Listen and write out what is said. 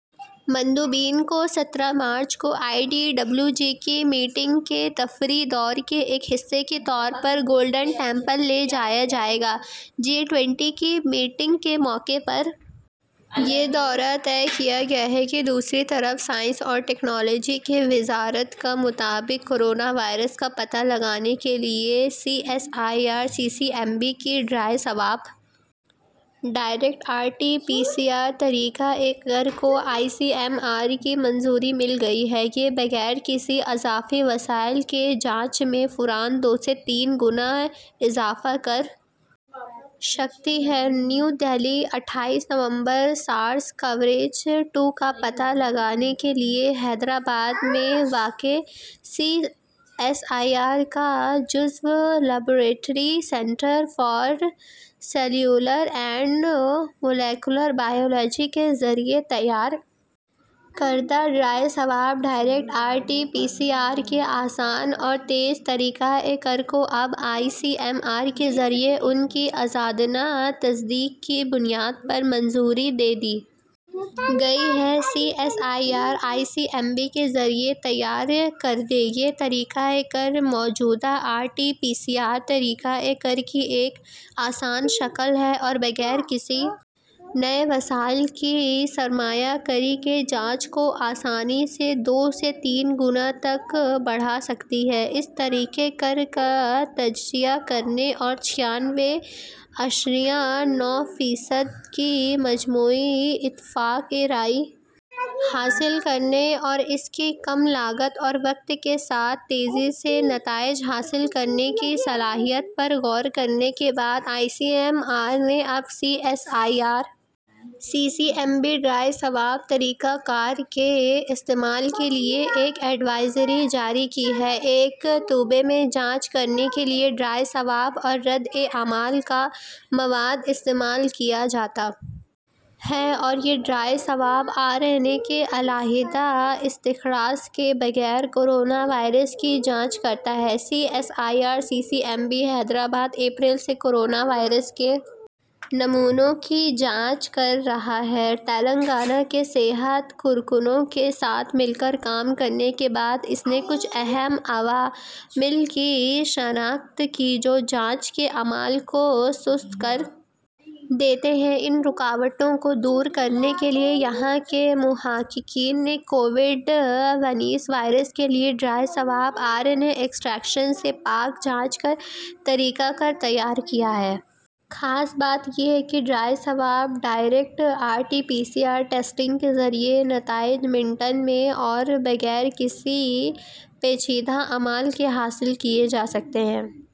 مندوبین کو سترہ مارچ کو ای ڈی ڈبلیو جی کی میٹنگوں کے تفریحی دورے کے ایک حصے کے طور پر گولڈن ٹیمپل لے جایا جائے گا جی ٹوئنٹی کی میٹنگوں کے موقع پر یہ دورہ طے کیا گیا ہے دوسری طرف سائنس اور ٹیکنالوجی کی وزارت کے مطابق کورونا وائرس کا پتہ لگانے کے لیے C S I R C C M B کی dry swab direct R T P C R طریقہ کار کو آئی سی ایم آر کی منظوری مل گئی ہے یہ بغیر کسی اضافی وسائل کے جانچ میں فوراً دو سے تین گنا اضافہ کر سکتی ہے نئی دہلی اٹھائیس نومبر سارس کوو ٹو کا پتہ لگانے کے لیے حیدرآباد میں واقع سی ایس آئی آر کا جزو laboratory centre for cellular and molecular biology کے ذریعے تیار کردہ dry swab direct R T P C R کے آسان اور تیز طریقہ کار کو اب آئی سی ایم آر کے ذریعے ان کی آزادانہ تصدیق کی بنیاد پر منظوری دے دی گئی ہے C S I R C C M B کے ذریعے تیار کردہ یہ طریقہ کار موجودہ R T P C R طریقہ کار کی ایک آسان شکل ہے اور بغیر کسی نئے وسائل کی سرمایہ کاری کے جانچ کو آسانی سے دو سے تین گنا تک بڑھا سکتی ہے اس طریقہ کار کا تجزیہ کرنے اور چھیانوے اعشاریہ نو فیصد کی مجموعی اتفاق رائے حاصل کرنے اور اس کی کم لاگت اور وقت کے ساتھ تیزی سے نتائج حاصل کرنے کی صلاحیت پر غور کرنے کے بعد آئی سی ایم آر نے اب C S I R C C M B dry swab طریقہ کار کے استعمال کے لیے ایک ایڈوائزری جاری کی ہے ایک ٹیوب میں جانچ کرنے کے لیے ڈرائی سواب اور ردعمل کا مواد استعمال کیا جاتا ہے اور یہ dry swab R N A کے علیحدہ استخراج کے بغیر کورونا وائرس کی جانچ کرتا ہے C S I R C C M B Hyderabad اپریل سے کورونا وائرس کے نمونوں کی جانچ کر رہا ہے تلنگانہ کے صحت کارکنوں کے ساتھ مل کر کام کرنے کے بعد اس نے کچھ اہم عوامل کی شناخت کی جو جانچ کے عمل کو سست کر دیتے ہیں ان رکاوٹوں کو دور کرنے کے لیے یہاں کے محققین نے کووڈ انیس وائرس کے لیے dry swab R N A استخراج سے پاک جانچ کا طریقہ کار تیار کیا ہے خاص بات یہ ہے کہ dry swab direct R T P C R testing کے ذریعے نتائج منٹوں میں اور بغیر کسی پیچیدہ عمل کے حاصل کیے جا سکتے ہیں